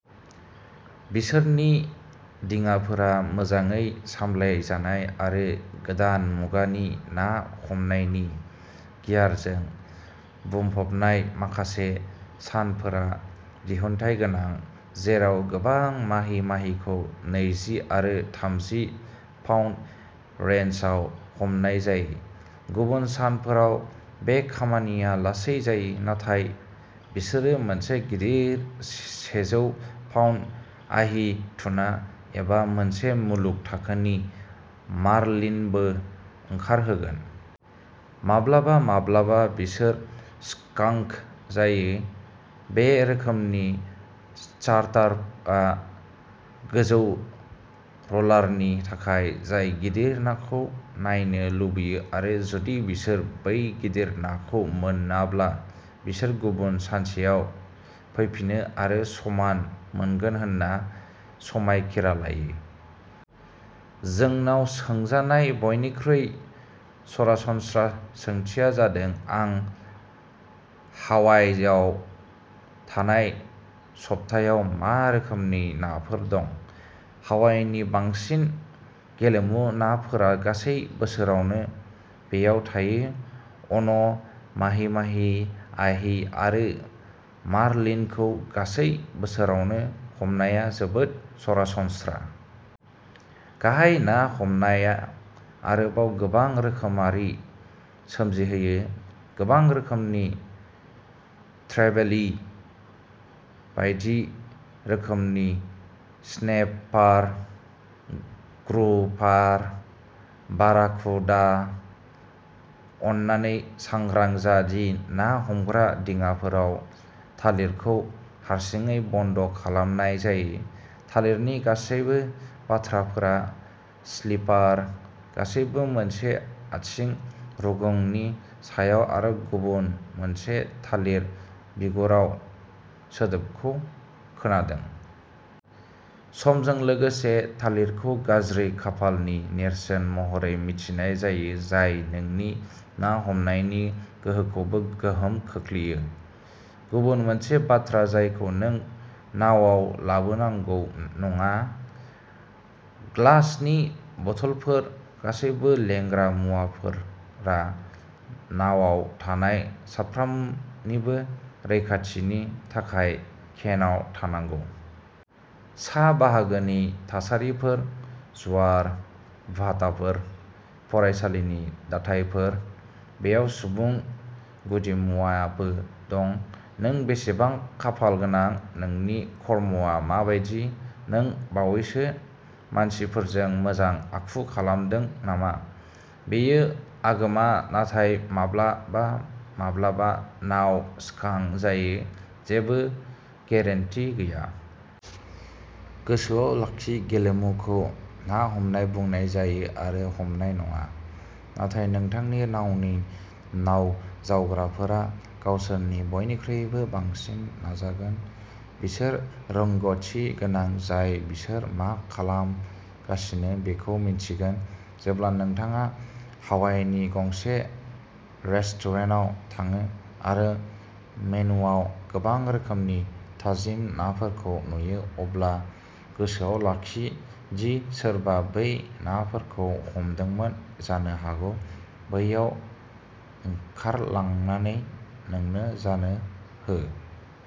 बिसोरनि दिङाफोरा मोजाङै सामलायजानाय आरो गोदान मुगानि ना हमनायनि गियारजों बुंफबनाय। माखासे सानफोरा दिहुनथाय गोनां, जेराव गोबां माहि माहिखौ नैजि आरो थामजि पाउन्द रेन्जआव हमनाय जायो। गुबुन सानफोराव बे खामानिया लासै जायो, नाथाय बिसोरो मोनसे गिदिर सेजौ पाउन्द अहि टुना एबा मोनसे मुलुग थाखोनि मार्लिनबो ओंखारहोगोन। माब्लाबा माब्लाबा बिसोर स्कांक जायो। बे रोखोमनि चार्टारआ गोजौ र'लारनि थाखाय, जाय गिदिर नाखौ नायनो लुबैयो आरो जुदि बिसोर बै गिदिर नाखौ मोनाब्ला बिसोर गुबुन सानसेआव फैफिनो आरो समान मोनगोन होनना समायखिरा लायो। जोंनाव सोंजानाय बयनिख्रुइ सरासनस्रा सोंथिया जादों आं हावाइआव थानाय सप्तायाव मा रोखोमनि नाफोर दं? हावाइनि बांसिन गेलेमु नाफोरा गासै बोसोरावनो बेयाव थायो। अन', माहि माहि, अहि आरो मार्लिनखौ गासै बोसोरावनो हमनाया जोबोद सरासनस्रा। गाहाय ना हमनाया आरोबाव गोबां रोखोमारि सोमजिहोयो गोबां रोखोमनि ट्रेभेलि, बायदि रोखोमनि स्नेपार, ग्रुपार, बाराकुडा, अन्नानै सांग्रां जा दि ना हमग्रा दिङाफोराव थालिरखौ हारसिङै बन्द' खालामनाय जायो। थालिरनि गासैबो बाथ्राफोरा स्लिपार गासैबो मोनसे आथिं रुगुंनि सायाव आरो गुबुन मोनसे थालिर बिगुराव सोदोबखौ खोनादों। समजों लोगोसे थालिरखौ गाज्रि खाफालनि नेरसोन महरै मिथिनाय जायो, जाय नोंनि ना हमनायनि गोहोखौबो गोहोम खोख्लैयो। गुबुन मोनसे बाथ्रा जायखौ नों नावाव लाबोनांगौ नङा। ग्लासनि बथलफोर गासैबो लोंग्रा मुवाफोरा नावाव थानाय साफ्रोमनिबो रैखाथिनि थाखाय केनआव थानांगौ। सा बाहागोनि थासारिफोर, ज्वार भाटाफोर, फरायसालिनि दाथायफोर। बेयाव सुबुं गुदिमुवाबो दं। नों बेसेबां खाफालगोनां? नोंनि कर्मआ माबायदि? नों बावैसो मानसिफोरजों मोजां आखु खालामदों नामा? बेयो आगोमा, नाथाय माब्लाबा-माब्लाबा नाव स्कांक जायो जेबो गेरेन्टि गैया। गोसोआव लाखि गेलेमुखौ ना हमनाय बुंनाय जायो आरो हमनाय नङा। नाथाय नोंथांनि नावनि नावजावग्राफोरा गावसोरनि बयनिख्रुइबो बांसिन नाजागोन। बिसोर रोंग'थि गोनां जाय बिसोर मा खालामगासिनो बेखौ मिन्थिगोन। जेब्ला नोंथाङा हावाइनि गंसे रेस्टुरेन्टाव थाङो आरो मेनुवाव गोबां रोखोमनि थाजिम नाफोरखौ नुयो, अब्ला गोसोआव लाखि दि सोरबा बै नाफोरखौ हमदोंमोन जानो हागौ बैयाव ओंखारलांनानै नोंनो जानो हो!